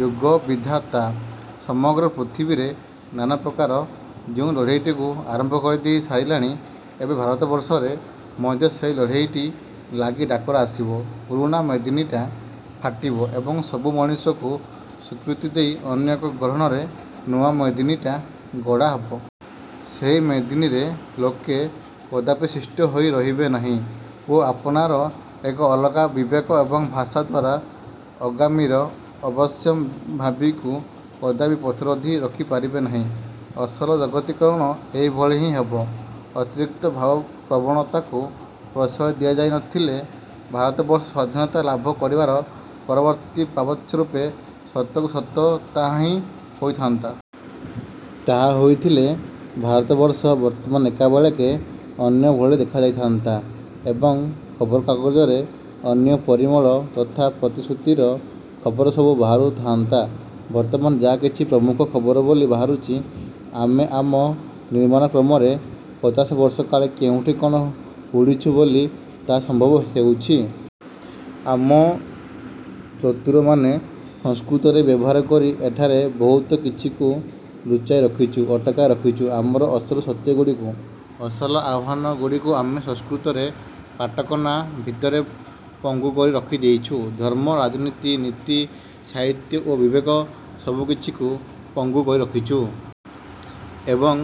ଯୁଗବିଧାତା ସମଗ୍ର ପୃଥିବୀରେ ନାନା ପକାରେ ଯେଉଁ ଲଢ଼େଇଟିକୁ ଆରମ୍ଭ କରିଦେଇ ସାଇଲାଣି ଏବେ ଭାରତବର୍ଷରେ ମଧ୍ୟ ସେହି ଲଢ଼େଇଟି ଲାଗି ଡାକରା ଆସିବ। ପୁରୁଣା ମେଦିନୀଟା ଫାଟିବ ଏବଂ ସବୁ ମଣିଷଙ୍କୁ ସ୍ୱୀକୃତି ଦେଇ ଅନ୍ୟ ଏକ ଗଢ଼ଣରେ ନୂଆ ମେଦିନୀଟି ଗଢ଼ା ହେବ। ସେହି ମେଦିନୀରେ ଲୋକେ କଦାପି ଶିଷ୍ଟ ହୋଇ ରହିବେ ନାହିଁ ଓ ଆପଣାର ଏକ ଅଲଗା ବିବେକ ଏବଂ ଭାଷା ଦ୍ୱାରା ଅଗାମୀର ଅବଶ୍ୟମ୍ଭାବୀକୁ କଦାପି ପଥରୋଧି ରଖିପାରିବେ ନାହିଁ। ଅସଲ ଜଗତୀକରଣ ଏହିଭଳି ହିଁ ହେବ। ଅତିରିକ୍ତ ଭାବପ୍ରବଣତାକୁ ପ୍ରଶ୍ରୟ ଦିଆଯାଇ ନଥିଲେ ଭାରତବର୍ଷ ସ୍ଵାଧୀନତା ଲାଭ କରିବାର ପରବର୍ତ୍ତୀ ପାବଚ୍ଛରୂପେ ସତକୁ ସତ ତାହାହିଁ ହୋଇଥାନ୍ତା। ତାହା ହୋଇଥିଲେ ଭାରତବର୍ଷ ବର୍ତ୍ତମାନ ଏକାବଳେକେ ଅନ୍ୟ ଭଳି ଦେଖା ଯାଇଥାନ୍ତା ଏବଂ ଖବରକାଗଜରେ ଅନ୍ୟ ପରିମଳ ତଥା ପ୍ରତିଶ୍ରୁତିର ଖବର ସବୁ ବାହାରୁ ଥାଆନ୍ତା। ବର୍ତ୍ତମାନ ଯାହାକିଛି ପ୍ରମୁଖ ଖବର ବୋଲି ବାହାରୁଛି ଆମେ ଆମ ନିର୍ମାଣକ୍ରମରେ ପଚାଶ ବର୍ଷ କାଳ କେଉଁଠି କଣ ହୁଡ଼ିଛୁ ବୋଲି ତାହା ସମ୍ଭବ ହେଉଛି। ଆମେ୍ ଚତୁରମାନେ ସଂସ୍କୃତରେ ବ୍ୟବହାର କରି ଏଠାରେ ବହୁତ କିଛିକୁ ଲୁଚାଇ ରଖିଛୁ, ଅଟକାଇ ରଖିଛୁ। ଆମର ଅସଲ ସତ୍ୟଗୁଡ଼ିକୁ, ଅସଲ ଆହ୍ୱାନଗୁଡ଼ିକୁ ଆମେ ସଂସ୍କୃତରେ ପାଟକନା ଭିତରେ ପଙ୍ଗୁ କରି ରଖି ଦେଇଛୁ। ଧର୍ମ, ରାଜନୀତି, ନୀତି, ସାହିତ୍ୟ ଓ ବିବେକ ସବୁକିଛିକୁ ପଙ୍ଗୁ କରି ରଖିଛୁ। ଏବଂ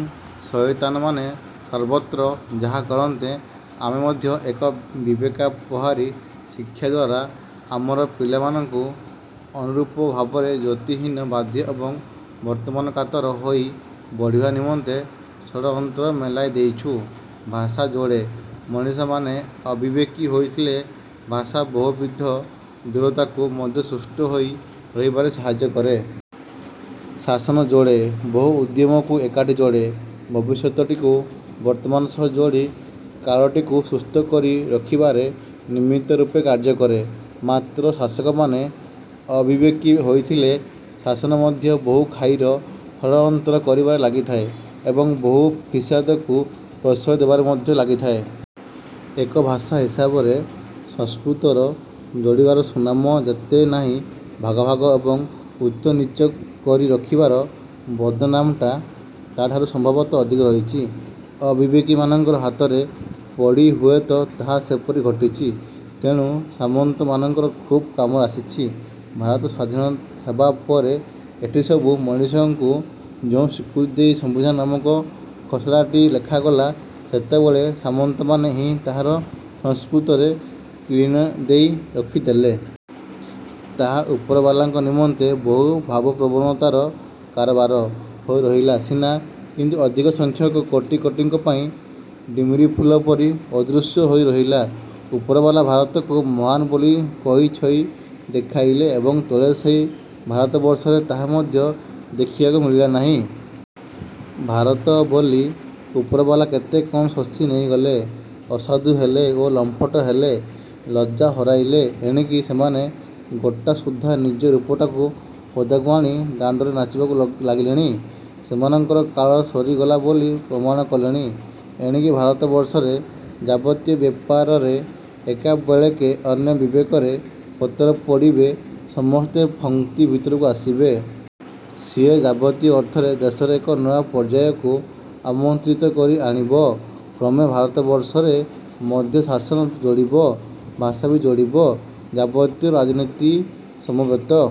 ଶଇତାନମାନେ ସର୍ବତ୍ର ଯାହା କରନ୍ତେ ଆମେ ମଧ୍ୟ ଏକ ବିବେକାପହାରୀ ଶିକ୍ଷା ଦ୍ୱାରା ଆମର ପିଲାମାନଙ୍କୁ ଅନୁରୂପ ଭାବରେ ଜ୍ୟୋତିହୀନ, ବାଧ୍ୟ ଏବଂ ବର୍ତ୍ତମାନକାତର ହୋଇ ବଢ଼ିବା ନିମନ୍ତେ ଷଡ଼ହନ୍ତ୍ର ମେଲାଇ ଦେଇଛୁ। ଭାଷା ଯୋଡ଼େ। ମଣିଷମାନେ ଅବିବେକୀ ହୋଇଥଲେ ଭାଷା ବହୁବିଧ ଦୂରତାକୁ ମଧ୍ୟ ସୃଷ୍ଟ ହୋଇ ରହିବାରେ ସାହାଯ୍ୟ କରେ। ଶାସନ ଯୋଡ଼େ, ବହୁ ଉଦ୍ୟମକୁ ଏକାଠି ଯୋଡ଼େ, ଭବିଷ୍ୟତଟିକୁ ବର୍ତ୍ତମାନ ସହ ଯୋଡ଼ି କାଳଟିକୁ ସୁସ୍ଥକରି ରଖିବାରେ ନିମିତ୍ତ ରୂପେ କାର୍ଯ୍ୟକରେ। ମାତ୍ର ଶାସକମାନେ ଅବିବେକୀ ହୋଇଥିଲେ ଶାସନ ମଧ୍ୟ ବହୁ ଖାଇର ଷଡ଼ଯନ୍ତ୍ର କରିବାରେ ଲାଗିଥାଏ ଏବଂ ବହୁ ଫିସାଦକୁ ପ୍ରଶ୍ରୟ ଦେବାରେ ମଧ୍ୟ ଲାଗିଥାଏ। ଏକ ଭାଷା ହିସାବରେ ସଂସ୍କୃତର ଯୋଡ଼ିବାର ସୁନାମ ଯେତେ ନାହିଁ ଭାଗ ଭାଗ ଏବଂ ଉଚ୍ଚ ନୀଚ କରି ରଖିବାର ବଦନାମଟା ତା'ଠାରୁ ସମ୍ଭବତଃ ଅଧିକ ରହିଛି। ଅବିବେକୀମାନଙ୍କର ହାତରେ ପଡ଼ି ହୁଏତ ତାହା ସେପରି ଘଟିଛି। ତେଣୁ ସାମନ୍ତମାନଙ୍କର ଖୁବ୍ କାମ ଆସିଛି। ଭାରତ ସ୍ୱାଧୀନ ହେବା ପରେ ଏଠି ସବୁ ମଣିଷଙ୍କୁ ଯହୁଁ ସ୍ୱୀକୃତି ଦେଇ ସମ୍ବିଧାନ ନାମକ ଖସଡ଼ାଟି ଲେଖାଗଲା, ସେତେବେଳେ ସାମନ୍ତମାନେ ହିଁ ତାହାର ସଂସ୍କୃତରେ କିଣି ଦେଇ ରଖିଦେଲେ। ତାହା ଉପରବାଲାଙ୍କ ନିମନ୍ତେ ବହୁ ଭାବପ୍ରବଣତାର କାରବାର ହୋଇ ରହିଲା ସିନା କିନ୍ତୁ ଅଧିକସଂଖ୍ୟକ କୋଟି କୋଟିଙ୍କ ପାଇଁ ଡ଼ିମିରିଫୁଲ ପରି ଅଦୃଶ୍ୟ ହୋଇ ରହିଲା। ଉପରବାଲା ଭାରତକୁ ମହାନ୍ ବୋଲି କହି ଛଇ ଦେଖାଇଲେ ଏବଂ ତଳେ ସେହି ଭାରତବର୍ଷରେ ତାହା ମଧ୍ୟ ଦେଖିବାକୁ ମିଳିଲା ନାହିଁ। ଭାରତ ବୋଲି ଉପରବାଲା କେତେ କଣ ଶୋଷି ନେଇଗଲେ। ଅସାଧୁ ହେଲେ ଓ ଲମ୍ପଟ ହେଲେ। ଲଜ୍ଜା ହରାଇଲେ। ଏଣିକି ସେମାନେ ଗୋଟାସୁଦ୍ଧା ନିଜ ରୂପଟାକୁ ପଦାକୁ ଆଣି ଦାଣ୍ଡରେ ନାଚିବାକୁ ଲ ଲାଗିଲେଣି। ସେମାନଙ୍କର କାଳ ସରିଗଲା ବୋଲି ପ୍ରମାଣ କଲେଣି। ଏଣିକି ଭାରତବର୍ଷରେ ଯାବତୀୟ ବ୍ୟାପାରରେ ଏକାବେଳେକେ ଅନ୍ୟ ବିବେକରେ ପତର ପଡ଼ିବ ସମସ୍ତେ ଫଂକ୍ତି ଭିତରକୁ ଆସିବେ। ସିଏ ଯାବତୀୟ ଅର୍ଥରେ ଦେଶରେ ଏକ ନୂଆ ପର୍ଯ୍ୟାୟକୁ ଆମନ୍ତ୍ରିତ କରି ଆଣିବ। କ୍ରମେ ଭାରତବର୍ଷରେ ମଧ୍ୟ ଶାସନ ଯୋଡ଼ିବ, ଭାଷା ବି ଯୋଡ଼ିବ। ଯାବତୀୟ ରାଜନୀତି ସମବେତ